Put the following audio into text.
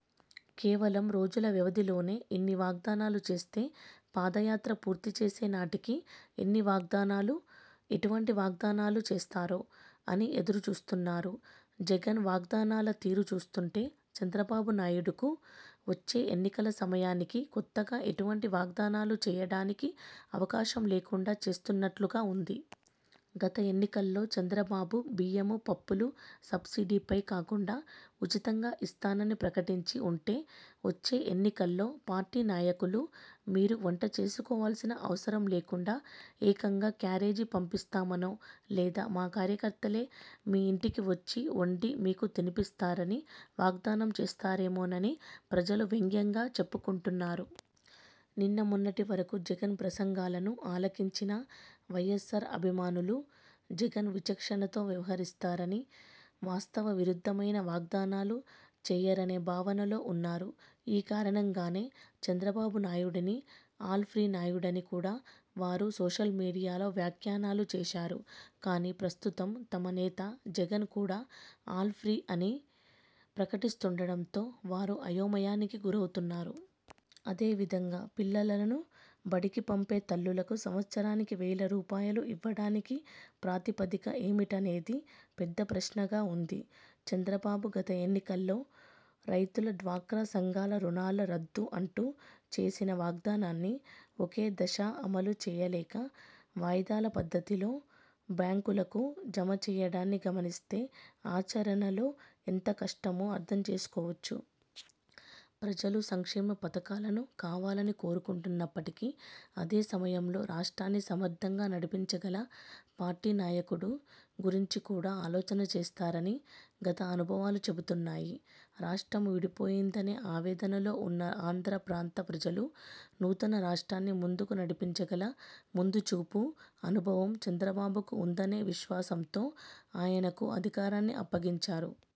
కేవలం రోజుల వ్యవధిలోనే ఇన్ని వాగ్దానాలు చేస్తే పాదయాత్ర పూర్తి చేసే నాటికి ఎన్ని వాగ్దానాలు, ఎటువంటి వాగ్దానాలు చేస్తారో అని ఎదురు చూస్తున్నారు. జగన్ వాగ్దానాల తీరు చూస్తుంటే చంద్రబాబు నాయుడుకు వచ్చే ఎన్నికల సమయానికి కొత్తగా ఎటువంటి వాగ్దానాలు చేయడానికి అవకాశం లేకుండా చేస్తున్నట్టుగా వుంది. గత ఎన్నికల్లో చంద్రబాబు బియ్యం, పప్పులు సబ్సిడీపై కాకుండా ఉచితంగా ఇస్తానని ప్రకటించి వుంటే వచ్చే ఎన్నికల్లో పార్టీ నాయకులు మీరు వంట చేసుకోవాల్సిన అవసరం లేకుండా ఏకంగా క్యారేజీ పంపిస్తామనో లేదా మా కార్యకర్తలే మీ ఇంటికి వచ్చి వండి మీకు తినిపిస్తారని వాగ్దానం చేస్తారేమోనని ప్రజలు వ్యంగ్యంగా చెప్పుకొంటున్నారు. నిన్న మొన్నటి వరకు జగన్ ప్రసంగాలను ఆలకించిన వైఎస్ఆర్ అభిమానులు జగన్ విచక్షణతో వ్యవహరిస్తారని, వాస్తవ విరుద్ధమైన వాగ్దానాలు చేయరనే భావనలో వున్నారు. ఈ కారణంగానే చంద్రబాబు నాయుడిని ఆల్ ఫ్రీ నాయుడని కూడా వారు సోషల్ మీడియాలో వ్యాఖ్యానాలు చేశారు. కానీ, ప్రస్తుతం తమ నేత జగన్ కూడా ఆల్ ఫ్రీ అని ప్రకటిస్తుండటంతో వారు అయోమయానికి గురవుతున్నారు. అదే విధంగా పిల్లలను బడికి పంపే తల్లులకు సంవత్సరానికి వేల రూపాయలు ఇవ్వడానికి ప్రాతిపదిక ఏమిటనేది పెద్ద ప్రశ్నగా వుంది. చంద్రబాబు గత ఎన్నికల్లో రైతుల, డ్వాక్రా సంఘాల రుణాలు రద్దు అంటూ చేసిన వాగ్దానాన్ని ఒకే దఫా అమలు చేయలేక వాయిదాల పద్ధతిలో బ్యాంకులకు జమ చేయడాన్ని గమనిస్తే ఆచరణలో ఎంత కష్టమో అర్థం చేసుకోవచ్చు. ప్రజలు సంక్షేమ పథకాలను కావాలని కోరుకొంటున్నప్పటికీ అదే సమయంలో రాష్ట్రాన్ని సమర్థంగా నడిపించగల పార్టీ, నాయకుడు గురించి కూడా ఆలోచన చేస్తారని గత అనుభవాలు చెబుతున్నాయి. రాష్ట్రం విడిపోయిందనే ఆవేదనలో వున్న ఆంధ్ర ప్రాంత ప్రజలు, నూతన రాష్ట్రాన్ని ముందుకు నడిపించగల ముందుచూపు, అనుభవం చంద్రబాబుకు వుందనే విశ్వాసంతో ఆయనకు అధికారాన్ని అప్పగించారు.